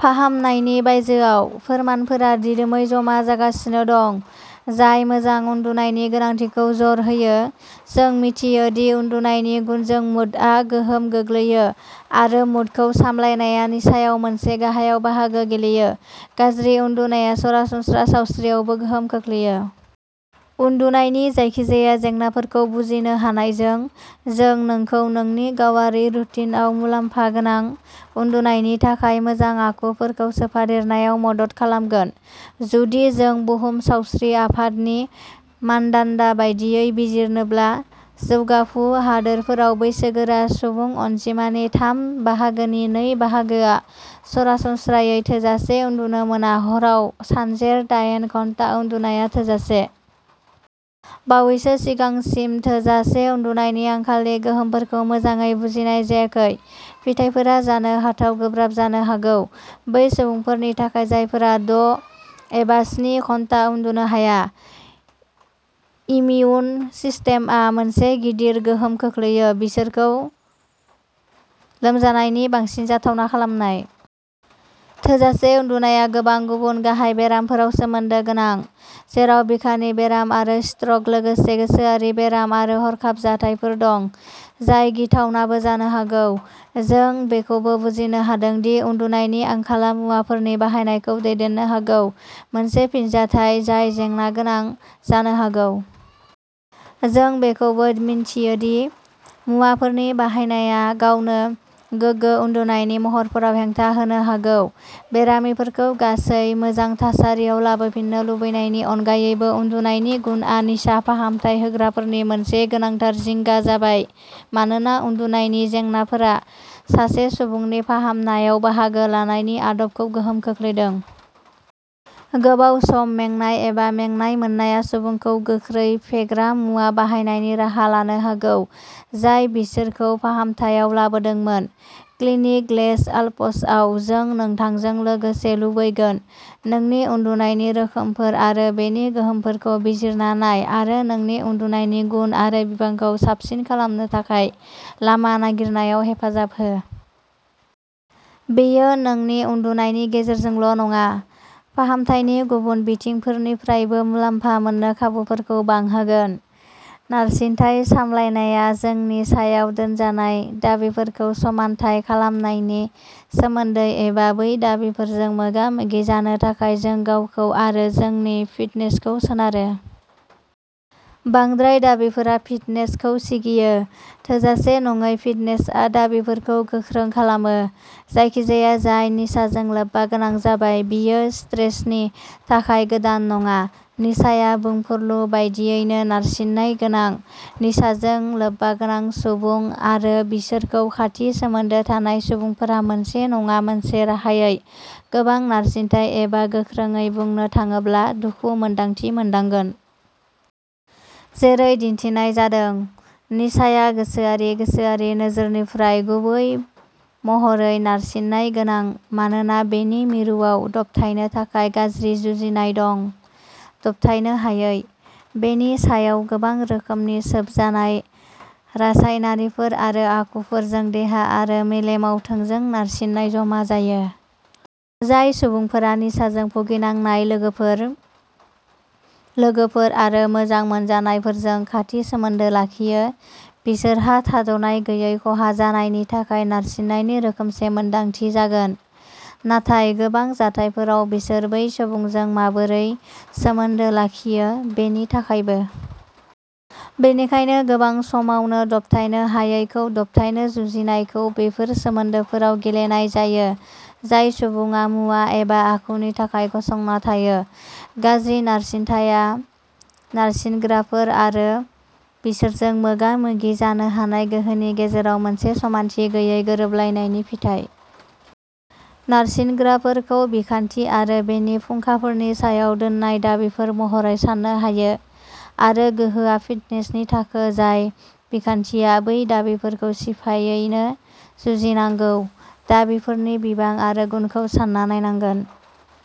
फाहामनायनि बायजोआव। फोरमानफोरा दिदोमै जमा जागासिनो दं जाय मोजां उन्दुनायनि गोनांथिखौ जर होयो। जों मिथियो दि उन्दुनायनि गुनजों मुडआ गोहोम गोग्लैयो आरो मुडखौ सामलायनाया निसायाव मोनसे गाहाय बाहागो गेलेयो। गाज्रि उन्दुनाया सरासनस्रा सावस्रियावबो गोहोम खोख्लैयो। उन्दुनायनि जायखिजाया जेंनाफोरखौ बुजिनो हानायजों, जों नोंखौ नोंनि गावारि रुटिनआव मुलाम्फा गोनां, उन्दुनायनि थाखाय मोजां आखुफोरखौ सोफादेरनायाव मदद खालामगोन। जुदि जों बुहुम सावस्रि आफादनि मानदान्दा बायदियै बिजिरनोब्ला, जौगाफु हादोरफोराव बैसोगोरा सुबुं अनजिमानि थाम बाहागोनि नै बाहागोआ सरासनस्रायै थोजासे उन्दुनो मोना हराव सानजेर दाइन घन्टा उन्दुनाया थोजासे। बावैसो सिगांसिम थोजासे उन्दुनायनि आंखालनि गोहोमफोरखौ मोजाङै बुजिनाय जायाखै। फिथायफोरा जानो हाथाव गोब्राब जानो हागौ। बै सुबुंफोरनि थाखाय जायफोरा द' एबा स्नि घन्टा उन्दुनो हाया, इमिउन सिस्टेमआ मोनसे गिदिर गोहोम खोख्लैयो। बिसोरखौ लोमजानायनि बांसिन जाथावना खालामनाय। थोजासे उन्दुनाया गोबां गुबुन गाहाय बेरामफोराव सोमोन्दो गोनां, जेराव बिखानि बेराम आरो स्ट्रक लोगोसे गोसोआरि बेराम आरो हरखाब जाथायफोर दं, जाय गिथावनाबो जानो हागौ। जों बेखौबो बुजिनो हादों दि उन्दुनायनि आंखालआ मुवाफोरनि बाहायनायखौ दैदेननो हागौ, मोनसे फिनजाथाय जाय जेंनागोनां जानो हागौ। जों बेखौबो मिन्थियो दि मुवाफोरनि बाहायनाया गावनो गोगो उन्दुनायनि महरफोराव हेंथा होनो हागौ। बेरामिफोरखौ गासै मोजां थासारियाव लाबोफिननो लुबैनायनि अनगायैबो, उन्दुनायनि गुनआ निसा फाहामथाय होग्राफोरनि मोनसे गोनांथार जिंगा जाबाय मानोना उन्दुनायनि जेंनाफोरा सासे सुबुंनि फाहामनायाव बाहागो लानायनि आदबखौ गोहोम खोख्लैदों। गोबाव सम मेंनाय एबा मेंनाय मोननाया सुबुंखौ गोख्रै फेग्रा मुवा बाहायनायनि राहा लानो हागौ जाय बिसोरखौ फाहामथायाव लाबोदोंमोन। क्लिनिक लेस आल्प्सआव जों नोंथांजों लोगोसे लुबैगोन। नोंनि उन्दुनायनि रोखोमफोर आरो बेनि गोहोमफोरखौ बिजिरना नाय आरो नोंनि उन्दुनायनि गुन आरो बिबांखौ साबसिन खालामनो थाखाय लामा नागिरनायाव हेफाजाब हो। बेयो नोंनि उन्दुनायनि गेजेरजोंल' नङा, फाहामथायनि गुबुन बिथिंफोरनिफ्रायबो मुलाम्फा मोननो खाबुफोरखौ बांहोगोन। नारसिनथाय सामलायनाया जोंनि सायाव दोनजानाय दाबिफोरखौ समानथाय खालामनायनि सोमोन्दै एबा बै दाबिफोरजों मोगा-मोगि जानो थाखाय जों गावखौ आरो जोंनि फिटनेसखौ सोनारो। बांद्राय दाबिफोरा फिटनेसखौ सिगियो। थोजासे नङै फिटनेसआ दाबिफोरखौ गोख्रों खालामो। जायखिजाया जाय निसाजों लोब्बागोनां जाबाय, बियो स्ट्रेसनि थाखाय गोदान नङा। निसाया बुंफुरलु बायदियैनो नारसिननाय गोनां। निसाजों लोब्बागोनां सुबुं आरो बिसोरजों खाथि सोमोन्दो थानाय सुबुंफोरा मोनसे नङा मोनसे राहायै गोबां नारसिनथाय-एबा गोख्रोङै बुंनो थाङोब्ला, दुखु-मोन्दांथि मोनदांगोन। जेरै दिनथिनाय जादों, निसाया गोसोआरि-गोसोआरि नोजोरनिफ्राय गुबै महरै नारसिननाय गोनां मानोना बेनि मिरुआव दबथायनो थाखाय गाज्रि जुजिनाय दं। दबथायनो हायै। बेनि सायाव गोबां रोखोमनि सोबजानाय रासायनारिफोर आरो आखुफोरजों देहा आरो मेलेमाव थोंजों नारसिननाय जमा जायो। जाय सुबुंफोरा निसाजों भुगिनांनाय लोगोफोर, लोगोफोर आरो मोजां मोनजानायफोरजों खाथि सोमोन्दो लाखियो, बिसोरहा थादनाय गैयै खहा जानायनि थाखाय नारसिननायनि रोखोमसे मोन्दांथि जागोन, नाथाय गोबां जाथायफोराव बिसोर बै सुबुंजों माबोरै सोमोन्दो लाखियो बेनि थाखायबो। बेनिखायनो गोबां समावनो दबथायनो हायैखौ दबथायनो जुजिनायखौ बेफोर सोमोन्दोफोराव गेलेनाय जायो जाय सुबुङा मुवा एबा आखुनि थाखाय गसंना थायो। गाज्रि नारसिनथाया नारसिनग्राफोर आरो बिसोरजों मोगा-मोगि जानो हानाय गोहोनि गेजेराव मोनसे समानथि गैयै गोरोबलायनायनि फिथाय। नारसिनग्राफोरखौ बिखान्थि आरो बेनि फुंखाफोरनि सायाव दोननाय दाबिफोर महरै साननो हायो आरो गोहोआ फिटनेसनि थाखो जाय बिखान्थिया बै दाबिफोरखौ सिफायैनो जुजिनांगौ। दाबिफोरनि बिबां आरो गुनखौ सान्ना नायनांगोन।